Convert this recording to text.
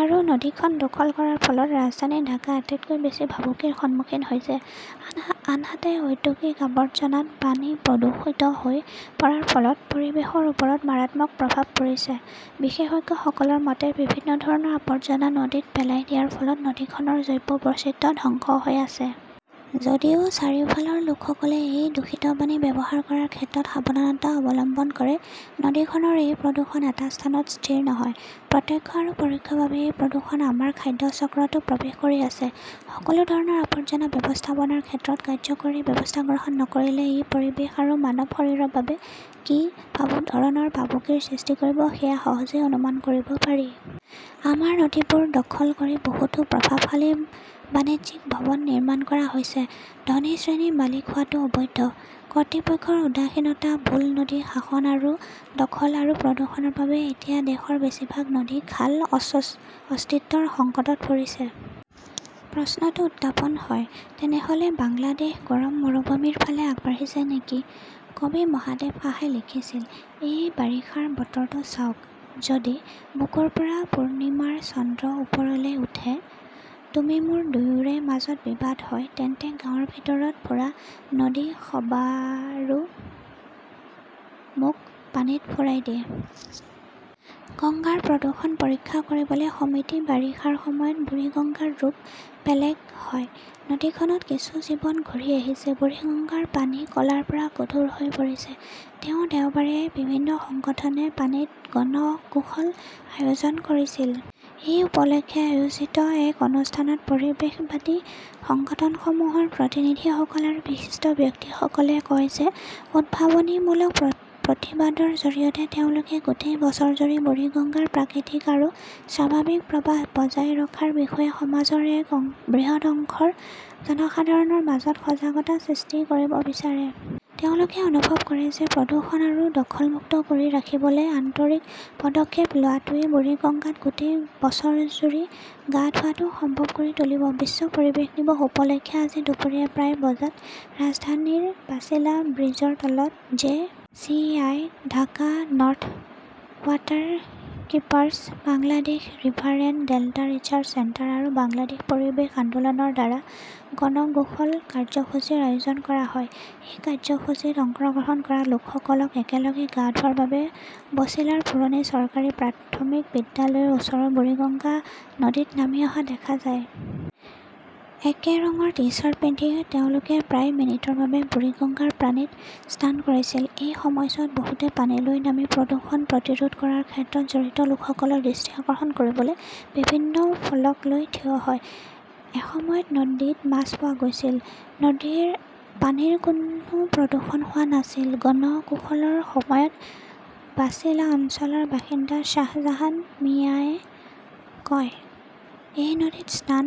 আৰু নদীখন দখল কৰাৰ ফলত ৰাজধানী ঢাকাই আটাইতকৈ বেছি ভাবুকিৰ সন্মুখীন হৈছে। আনহাত আনহাতে, ঔদ্যোগিক আৱৰ্জনাত পানী প্ৰদূষিত হৈ পৰাৰ ফলত পৰিৱেশৰ ওপৰত মাৰাত্মক প্ৰভাৱ পৰিছে। বিশেষজ্ঞসকলৰ মতে, বিভিন্ন ধৰণৰ আৱৰ্জনা নদীত পেলাই দিয়াৰ ফলত নদীখনৰ জৈৱ বৈচিত্ৰ্য ধ্বংস হৈ আছে। যদিও চাৰিওফালৰ লোকসকলে এই দূষিত পানী ব্যৱহাৰ কৰাৰ ক্ষেত্ৰত সাৱধানতা অৱলম্বন কৰে, নদীখনৰ এই প্ৰদূষণ এটা স্থানত স্থিৰ নহয়। প্ৰত্যক্ষ আৰু পৰোক্ষভাৱে এই প্ৰদূষণ আমাৰ খাদ্য চক্ৰতো প্ৰৱেশ কৰি আছে। সকলো ধৰণৰ আৱৰ্জনা ব্যৱস্থাপনাৰ ক্ষেত্ৰত কাৰ্যকৰী ব্যৱস্থা গ্ৰহণ নকৰিলে ই পৰিৱেশ আৰু মানৱ শৰীৰৰ বাবে কি ধৰণৰ ভাবুকিৰ সৃষ্টি কৰিব সেয়া সহজেই অনুমান কৰিব পাৰি। আমাৰ নদীবোৰ দখল কৰি বহুতো প্ৰভাৱশালী বাণিজ্যিক ভৱন নিৰ্মাণ কৰা হৈছে, ধনী শ্ৰেণীৰ মালিক হোৱাটো অবৈধ। কৰ্তৃপক্ষৰ উদাসীনতা, ভুল নদী শাসন আৰু দখল আৰু প্ৰদূষণৰ বাবে এতিয়া দেশৰ বেছিভাগ নদী বা খাল অস্তিত্বৰ সংকটত পৰিছে। প্ৰশ্নটো উত্থাপন হয়, তেনেহ লে বাংলাদেশ গৰম মৰুভূমিৰ ফালে আগবাঢ়িছে নেকি কবি মহাদেৱ সাহাই লিখিছিল এই বাৰিষাৰ বতৰটো চাওক, যদি, বুকুৰ পৰা পূৰ্ণিমাৰ চন্দ্ৰ ওপৰলৈ উঠে -তুমি মোৰ দুয়োৰে মাজত বিবাদ হয়, তেন্তে গাঁৱৰ ভিতৰত ফুৰা নদী সবোৰে মোক পানীত ফুৰাই দিয়ে। । গংগাৰ প্ৰদূষণ পৰীক্ষা কৰিবলৈ সমিতি বাৰিষাৰ সময়ত বুৰিগঙ্গাৰ ৰূপ বেলেগ হয়। নদীখনত কিছু জীৱন ঘূৰি আহিছে। বুৰিগঙ্গাৰ পানী ক লাৰ পৰা গধুৰ হৈ পৰিছে। তেওঁ দেওবাৰে বিভিন্ন সংগঠনে পানীত গণ গোসল আয়োজন কৰিছিল। এই উপলক্ষে আয়োজিত এক অনুষ্ঠানত পৰিৱেশবাদী সংগঠনসমূহৰ প্ৰতিনিধিসকল আৰু বিশিষ্ট ব্যক্তিসকলে কয় যে উদ্ভাৱনীমূলক প্ৰতিবাদৰ জৰিয়তে তেওঁলোকে গোটেই বছৰজুৰি বুৰিগঙ্গাৰ প্ৰাকৃতিক আৰু স্বাভাৱিক প্ৰবাহ বজাই ৰখাৰ বিষয়ে সমাজৰ এক বৃহৎ অংশৰ জনসাধাৰণৰ মাজত সজাগতা সৃষ্টি কৰিব বিচাৰে। তেওঁলোকে অনুভৱ কৰে যে প্ৰদূষণ আৰু দখল-মুক্ত কৰি ৰাখিবলৈ আন্তৰিক পদক্ষেপ লোৱাটোৱে বুৰিগঙ্গাত গোটেই বছৰজুৰি গা ধোৱাটো সম্ভৱ কৰি তুলিব। বিশ্ব পৰিৱেশ দিৱস উপলক্ষে আজি দুপৰীয়া প্ৰায় বজাত ৰাজধানীৰ বাচিলা ব্ৰীজৰ তলত J. C. I. Dhaka North, Waterkeepers Bangladesh, River and Delta Research Centre আৰু বাংলাদেশ পৰিৱেশ আন্দোলন ৰ দ্বাৰা গণ গোসল কাৰ্যসূচীৰ আয়োজন কৰা হয়। এই কাৰ্যসূচীত অংশগ্ৰহণ কৰা লোকসকলক একেলগে গা ধোৱাৰ বাবে বছিলাৰ পুৰণি চৰকাৰী প্ৰাথমিক বিদ্যালয়ৰ ওচৰৰ বুৰিগঙ্গা নদীত নামি অহা দেখা যায়। একে ৰঙৰ টি-চাৰ্ট পিন্ধি তেওঁলোকে প্ৰায় মিনিটৰ বাবে বুৰিগঙ্গাৰ পানীত স্নান কৰিছিল। এই সময়ছোৱাত বহুতে পানীলৈ নামি প্ৰদূষণ প্ৰতিৰোধ কৰাৰ ক্ষেত্ৰত জড়িত লোকসকলৰ দৃষ্টি আকৰ্ষণ কৰিবলৈ বিভিন্ন ফলক লৈ থিয় হয়। এসময়ত নদীত মাছ পোৱা গৈছিল, পানীৰ কোনো প্ৰদূষণ হোৱা নাছিল গণ গোসলৰ সময়ত বাচিলা অঞ্চলৰ বাসিন্দা শ্বাহজাহান মিয়াৱে কয়। মই নদীত স্নান